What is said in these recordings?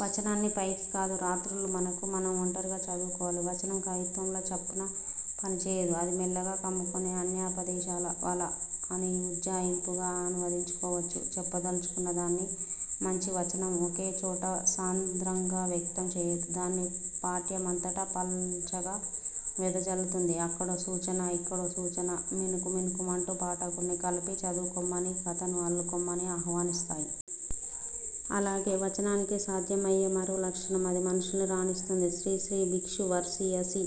'వచనాన్ని పైకి కాదు, రాత్రుళ్ళు మనకు మనం ఒంటరిగా చదువుకోవాలి. వచనం కవిత్వంలా చప్పున పనిచేయదు. అది మెల్లగా కమ్ముకొనే అన్యాపదేశాల వల'' అని ఉజ్జాయింపుగా అనువదించుకోవచ్చు. చెప్పదల్చుకున్నదాన్ని మంచి వచనం ఒకే చోట సాంద్రంగా వ్యక్తం చేయదు. దాన్ని పాఠ్యమంతటా పల్చగా వెదజల్లుతుంది. అక్కడో సూచనా ఇక్కడో సూచనా మినుకు మినుకుమంటూ, పాఠకుడ్ని కలిపి చదువుకొమ్మనీ, కథను అల్లుకొమ్మనీ ఆహ్వానిస్తాయి. అలాగే వచనానికే సాధ్యమయ్యే మరో లక్షణం, అది మనుషుల్ని రానిస్తుంది. శ్రీశ్రీ 'భిక్షువర్షీయసి',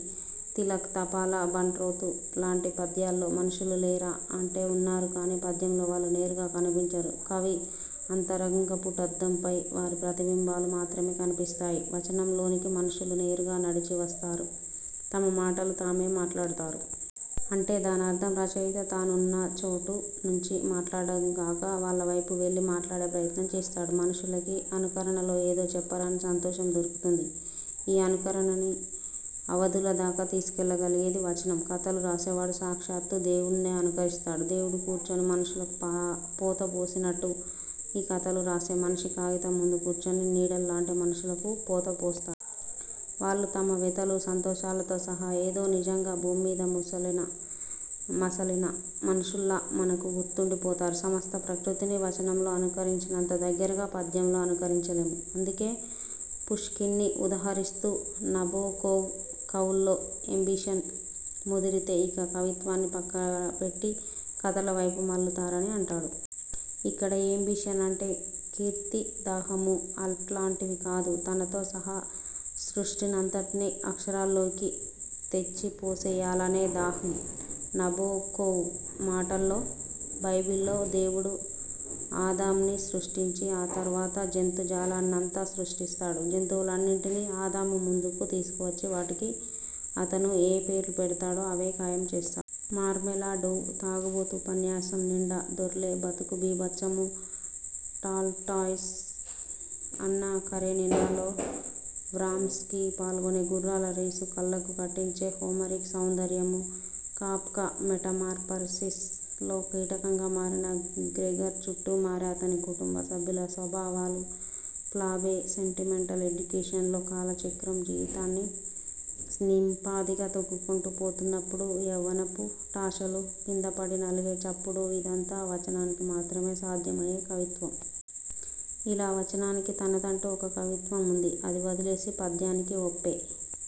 తిలక్ 'తపాలా బంట్రోతు' లాంటి పద్యాల్లో మనుషులు లేరా అంటే ఉన్నారు. కానీ పద్యంలో వాళ్ళు నేరుగా కనిపించరు. కవి అంతరంగపుటద్దంపై వారి ప్రతిబింబాలు మాత్రమే కనిపిస్తాయి. వచనంలోనికి మనుషులు నేరుగా నడిచి వస్తారు, తమ మాటలు తామే మాట్లాడతారు. అంటే దానర్థం రచయిత తానున్న చోటు నుంచి మాట్లాడ్డం గాక, వాళ్ల వైపు వెళ్లి మాట్లాడే ప్రయత్నం చేస్తాడు. మనుషులకి అనుకరణలో ఏదో చెప్పరాని సంతోషం దొరుకుతుంది. ఈ అనుకరణని అవధుల దాకా తీసుకెళ్లగలిగేది వచనం. కథలు రాసేవాడు సాక్షాత్తూ దేవుడ్నే అనుకరిస్తాడు. దేవుడు కూర్చొని మనుషులకు పోత పోసినట్టు, ఈ కథలు రాసే మనిషి కాగితం ముందు కూర్చొని నీడల్లాంటి మనుషులకు పోతపోస్తాడు. వాళ్ళు తమ వెతలూ సంతోషాలతో సహా ఏదో నిజంగా భూమ్మీద మసలిన మనుషుల్లా మనకు గుర్తుండిపోతారు. సమస్త ప్రకృతిని వచనంలో అనుకరించినంత దగ్గరగా పద్యంలో అనుకరించలేము. అందుకే పుష్కిన్ని ఉదహరిస్తూ నబొకొవ్- కవుల్లో ఏంబిషన్ ముదిరితే ఇక కవిత్వాన్ని పక్కపెట్టి కథల వైపు మళ్లుతారని అంటాడు. ఇక్కడ ఏంబిషన్ అంటే కీర్తి దాహమూ అట్లాంటివి కాదు. తనతో సహా సృష్టినంతట్నీ అక్షరాల్లోకి తెచ్చిపోసెయ్యాలనే దాహం. నబొకొవ్ మాటల్లో: ".'' బైబిల్లో దేవుడు ఆదాంని సృష్టించి, ఆ తర్వాత జంతుజాలాన్నంతా సృష్టిస్తాడు. జంతువులన్నింటినీ ఆదాము ముందుకు తీసుకువచ్చి వాటికి అతను ఏ పేర్లు పెడతాడో అవే ఖాయం చేస్తా. మార్మెలాడోవ్ తాగుబోతు ఉపన్యాసం నిండా దొర్లే బతుకు బీభత్సమూ; టాల్స్టాయ్ 'అన్నా కరేనినా'లో వ్రాంస్కీ పాల్గొనే గుర్రాల రేసు కళ్లకు కట్టించే హోమరిక్ సౌందర్యమూ; కాఫ్కా 'మెటమార్ఫసిస్'లో కీటకంగా మారిన గ్రెగర్ చుట్టూ మారే అతని కుటుంబ సభ్యుల స్వభావాలూ; ఫ్లాబె 'సెంటిమెంటల్ ఎడ్యుకేషన్'లో కాలచక్రం జీవితాన్ని నింపాదిగా తొక్కుకుంటూ పోతున్నప్పుడు యవ్వనపుటాశలు కిందపడి నలిగే చప్పుడూ ఇదంతా వచనానికి మాత్రమే సాధ్యమయ్యే కవిత్వం. ఇలా వచనానికి తనదంటూ ఒక కవిత్వం ఉంది. అది వదిలేసి, పద్యానికి ఒప్పే